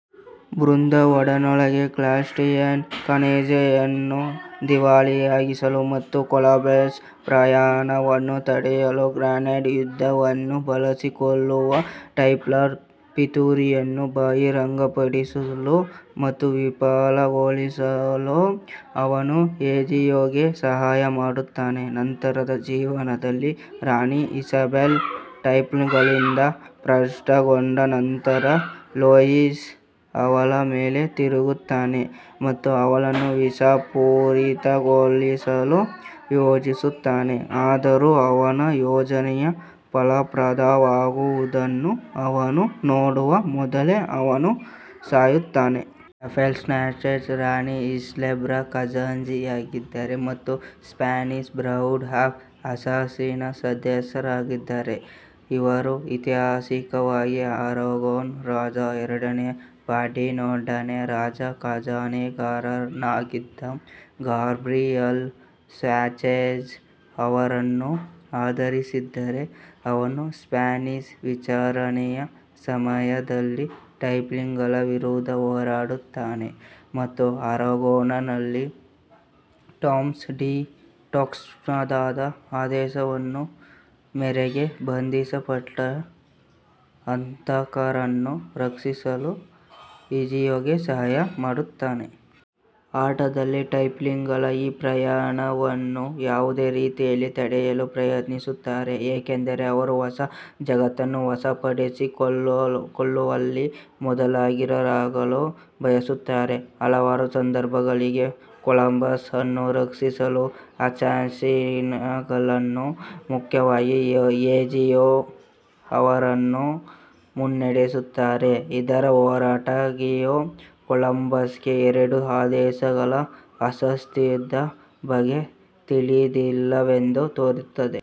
ಬ್ರದರ್ಹುಡ್ನೊಳಗೆ, ಕ್ಯಾಸ್ಟಿಲಿಯನ್ ಖಜಾನೆಯನ್ನು ದಿವಾಳಿಯಾಗಿಸಲು ಮತ್ತು ಕೊಲಂಬಸ್ನ ಪ್ರಯಾಣವನ್ನು ತಡೆಯಲು ಗ್ರೆನಡಾ ಯುದ್ಧವನ್ನು ಬಳಸಿಕೊಳ್ಳುವ ಟೆಂಪ್ಲರ್ ಪಿತೂರಿಯನ್ನು ಬಹಿರಂಗಪಡಿಸಲು ಮತ್ತು ವಿಫಲಗೊಳಿಸಲು ಅವನು ಎಜಿಯೊಗೆ ಸಹಾಯ ಮಾಡುತ್ತಾನೆ. ನಂತರದ ಜೀವನದಲ್ಲಿ, ರಾಣಿ ಇಸಾಬೆಲ್ಲಾ ಟೆಂಪ್ಲರ್ಗಳಿಂದ ಭ್ರಷ್ಟಗೊಂಡ ನಂತರ ಲೂಯಿಸ್ ಅವಳ ಮೇಲೆ ತಿರುಗುತ್ತಾನೆ ಮತ್ತು ಅವಳನ್ನು ವಿಷಪೂರಿತಗೊಳಿಸಲು ಯೋಜಿಸುತ್ತಾನೆ, ಆದರೂ ಅವನ ಯೋಜನೆಯು ಫಲಪ್ರದವಾಗುವುದನ್ನು ಅವನು ನೋಡುವ ಮೊದಲೇ ಅವನು ಸಾಯುತ್ತಾನೆ. ರಾಫೆಲ್ ಸ್ಯಾಂಚೆಜ್ ರಾಣಿ ಇಸಾಬೆಲ್ಲಾ ರ ಖಜಾಂಚಿಯಾಗಿದ್ದಾರೆ ಮತ್ತು ಸ್ಪ್ಯಾನಿಷ್ ಬ್ರದರ್ಹುಡ್ ಆಫ್ ಅಸ್ಸಾಸಿನ್ಸ್ನ ಸದಸ್ಯರಾಗಿದ್ದಾರೆ. ಅವರು ಐತಿಹಾಸಿಕವಾಗಿ ಅರಾಗೊನ್ ರಾಜ ಎರಡನೇ ಫರ್ಡಿನ್ಯಾಂಡ್ನ ರಾಜ ಖಜಾನೆಗಾರನಾಗಿದ್ದ ಗಾಬ್ರಿಯೇಲ್ ಸ್ಯಾಂಚೆಝ್ ಅವರನ್ನು ಆಧರಿಸಿದ್ದಾರೆ. ಅವನು ಸ್ಪ್ಯಾನಿಷ್ ವಿಚಾರಣೆಯ ಸಮಯದಲ್ಲಿ ಟೆಂಪ್ಲರ್ಗಳ ವಿರುದ್ಧ ಹೋರಾಡುತ್ತಾನೆ ಮತ್ತು ಅರಾಗೊನ್ನಲ್ಲಿ ಟೋಮಸ್ ಡಿ ಟೊರ್ಕ್ಮೆಡಾದ ಆದೇಶದ ಮೇರೆಗೆ ಬಂಧಿಸಲ್ಪಟ್ಟ ಹಂತಕರನ್ನು ರಕ್ಷಿಸಲು ಇಜಿಯೊಗೆ ಸಹಾಯ ಮಾಡುತ್ತಾನೆ. ಆಟದಲ್ಲಿ, ಟೆಂಪ್ಲರ್ಗಳು ಈ ಪ್ರಯಾಣವನ್ನು ಯಾವುದೇ ರೀತಿಯಲ್ಲಿ ತಡೆಯಲು ಪ್ರಯತ್ನಿಸುತ್ತಾರೆ, ಏಕೆಂದರೆ ಅವರು ಹೊಸ ಜಗತ್ತನ್ನು ವಶಪಡಿಸಿಕೊಳ್ಳುವಲ್ಲಿ ಮೊದಲಿಗರಾಗಲು ಬಯಸುತ್ತಾರೆ, ಹಲವಾರು ಸಂದರ್ಭಗಳಲ್ಲಿ ಕೊಲಂಬಸ್ ಅನ್ನು ರಕ್ಷಿಸಲು ಅಸ್ಸಾಸಿನ್ಗಳನ್ನು, ಮುಖ್ಯವಾಗಿ ಎಜಿಯೊ ಅವರನ್ನು ಮುನ್ನಡೆಸುತ್ತಾರೆ. ಇದರ ಹೊರತಾಗಿಯೂ, ಕೊಲಂಬಸ್ಗೆ ಎರಡೂ ಆದೇಶಗಳ ಅಸ್ತಿತ್ವದ ಬಗ್ಗೆ ತಿಳಿದಿಲ್ಲವೆಂದು ತೋರುತ್ತದೆ.